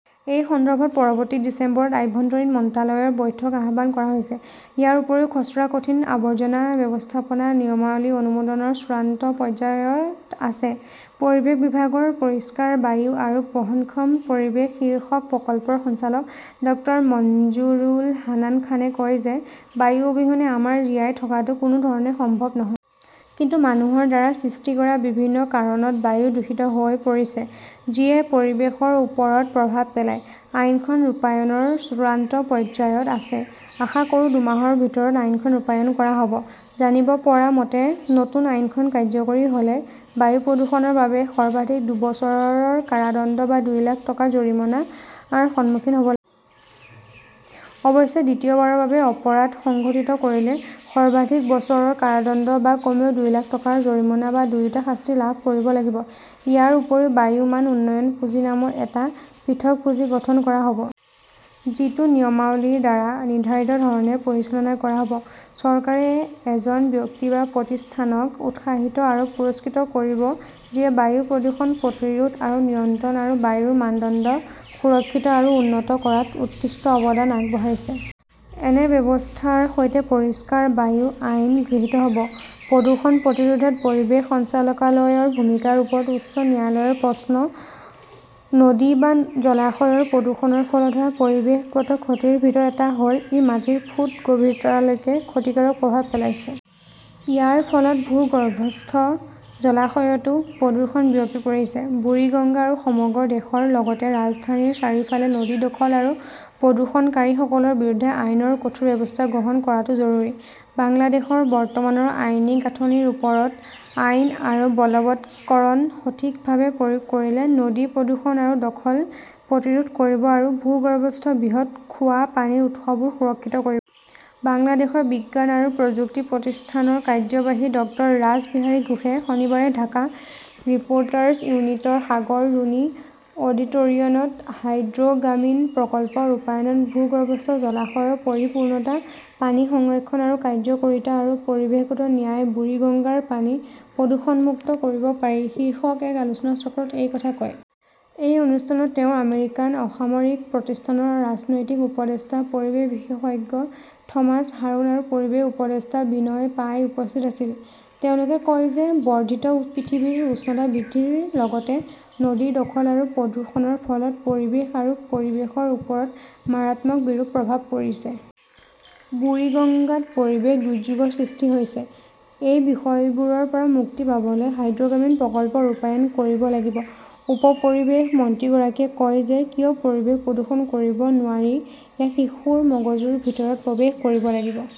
এই সন্দৰ্ভত পৰৱৰ্তী ডিচেম্বৰত আভ্যন্তৰীণ মন্ত্ৰালয়ৰ বৈঠক আহ্বান কৰা হৈছে। ইয়াৰ উপৰিও খচৰা কঠিন আৱৰ্জনা ব্যৱস্থাপনা নিয়মাৱলী অনুমোদনৰ চূড়ান্ত পৰ্যায়ত আছে। পৰিৱেশ বিভাগৰ পৰিষ্কাৰ বায়ু আৰু বহনক্ষম পৰিৱেশ শীৰ্ষক প্ৰকল্পৰ সঞ্চালক ডক্তৰ মঞ্জুৰুল হান্নান খানে কয় যে বায়ু অবিহনে আমাৰ জীয়াই থকাটো কোনো ধৰণে সম্ভৱ নহয়। কিন্তু মানুহৰ দ্বাৰা সৃষ্টি কৰা বিভিন্ন কাৰণত বায়ু দূষিত হৈ পৰিছে। যিয়ে পৰিৱেশৰ ওপৰত প্ৰভাৱ পেলায়। আইনখন ৰূপায়ণৰ চূড়ান্ত পৰ্যায়ত আছে। আশা কৰোঁ দুমাহৰ ভিতৰত আইনখন ৰূপায়ণ কৰা হ'ব। জানিব পৰা মতে নতুন আইনখন কাৰ্যকৰী হ'লে বায়ু প্ৰদূষণৰ বাবে সৰ্বাধিক দুবছৰৰ কাৰাদণ্ড বা দুই লাখ টকাৰ জৰিমনাৰ, সন্মুখীন হ'ব। অৱশ্যে দ্বিতীয়বাৰৰ বাবে অপৰাধ সংঘটিত কৰিলে সৰ্বাধিক বছৰৰ কাৰাদণ্ড বা কমেও দুই লাখ টকাৰ জৰিমনা বা দুয়োটা শাস্তি লাভ কৰিব লাগিব। ইয়াৰ উপৰিও বায়ু মান উন্নয়ন পুঁজি নামৰ এটা পৃথক পুঁজি গঠন কৰা হ'ব। যিটো নিয়মাৱলীৰ দ্বাৰা নিৰ্ধাৰিত ধৰণে পৰিচালনা কৰা হ'ব। চৰকাৰে এজন ব্যক্তি বা প্ৰতিষ্ঠানক উৎসাহিত আৰু পুৰস্কৃত কৰিব যিয়ে বায়ু প্ৰদূষণ প্ৰতিৰোধ আৰু নিয়ন্ত্ৰণ আৰু বায়ুৰ মানদণ্ড সুৰক্ষিত আৰু উন্নত কৰাত উৎকৃষ্ট অৱদান আগবঢ়াইছে। এনে ব্যৱস্থাৰ সৈতে পৰিষ্কাৰ বায়ু আইন গৃহীত হ'ব। প্ৰদূষণ প্ৰতিৰোধত পৰিৱেশ সঞ্চালকালয়ৰ ভূমিকাৰ ওপৰত উচ্চ ন্যায়ালয়ৰ প্ৰশ্ন নদী বা জলাশয়ৰ প্ৰদূষণৰ ফলত হোৱা পৰিৱেশগত ক্ষতিৰ ভিতৰত এটা হ'ল ই মাটিৰ ফুট গভীৰতালৈকে ক্ষতিকাৰক প্ৰভাৱ পেলাইছে। ইয়াৰ ফলত ভূগৰ্ভস্থ জলাশয়তো প্ৰদূষণ বিয়পি পৰিছে। বুৰিগঙ্গা আৰু সমগ্ৰ দেশৰ লগতে ৰাজধানীৰ চাৰিওফালে নদী দখল আৰু প্ৰদূষণকাৰীসকলৰ বিৰুদ্ধে আইনৰ কঠোৰ ব্যৱস্থা গ্ৰহণ কৰাটো জৰুৰী। বাংলাদেশৰ বৰ্তমানৰ আইনী গাঁথনিৰ ওপৰত আইন আৰু বলৱৎকৰণ সঠিকভাৱে প্ৰয়োগ কৰিলে নদী প্ৰদূষণ আৰু দখল প্ৰতিৰোধ কৰিব আৰু ভূগৰ্ভস্থ বৃহৎ খোৱা পানীৰ উৎসবোৰ সুৰক্ষিত কৰি। বাংলাদেশৰ বিজ্ঞান আৰু প্ৰযুক্তি প্ৰতিষ্ঠানৰ কাৰ্যবাহী ডক্তৰ ৰাছ বিহাৰী ঘোষে শনিবাৰে ঢাকা ৰিপ'ৰ্টাৰ্ছ ইউনিটিৰ সাগৰ ৰুনি অডিটৰিয়নত হাইড্ৰ'গ্ৰামিন প্ৰকল্প ৰূপায়ণত ভূগৰ্ভস্থ জলাশয়ৰ পৰিপূৰ্ণতা পানী সংৰক্ষণ আৰু কাৰ্য্যকৰীতা আৰু পৰিৱেশগত ন্যায় বুৰিগঙ্গাৰ পানী প্ৰদূষণমুক্ত কৰিব পাৰি শীৰ্ষক এক আলোচনাচক্ৰত এই কথা কয়। এই অনুষ্ঠানত তেওঁৰ আমেৰিকান অসামৰিক প্ৰতিষ্ঠানৰ ৰাজনৈতিক উপদেষ্টা পৰিৱেশ বিশেষজ্ঞ থমাছ হাৰুন আৰু পৰিৱেশ উপদেষ্টা বিনয় পাই উপস্থিত আছিল। তেওঁলোকে কয় যে বৰ্ধিত পৃথিৱীৰ উষ্ণতা বৃদ্ধিৰ লগতে নদীৰ দখল আৰু প্ৰদূষণৰ ফলত পৰিৱেশ আৰু পৰিৱেশৰ ওপৰত মাৰাত্মক বিৰূপ প্ৰভাৱ পৰিছে। বুৰিগঙ্গাত পৰিৱেশ দুৰ্যোগৰ সৃষ্টি হৈছে। এই বিষয়বোৰৰ পৰা মুক্তি পাবলৈ হাইড্ৰ'গ্ৰামিন প্ৰকল্প ৰূপায়ণ কৰিব লাগিব। উপ পৰিৱেশ মন্ত্ৰীগৰাকীয়ে কয় যে কিয় পৰিৱেশ প্ৰদূষণ কৰিব নোৱাৰি ইয়াক শিশুৰ মগজুৰ ভিতৰত প্ৰৱেশ কৰিব লাগিব।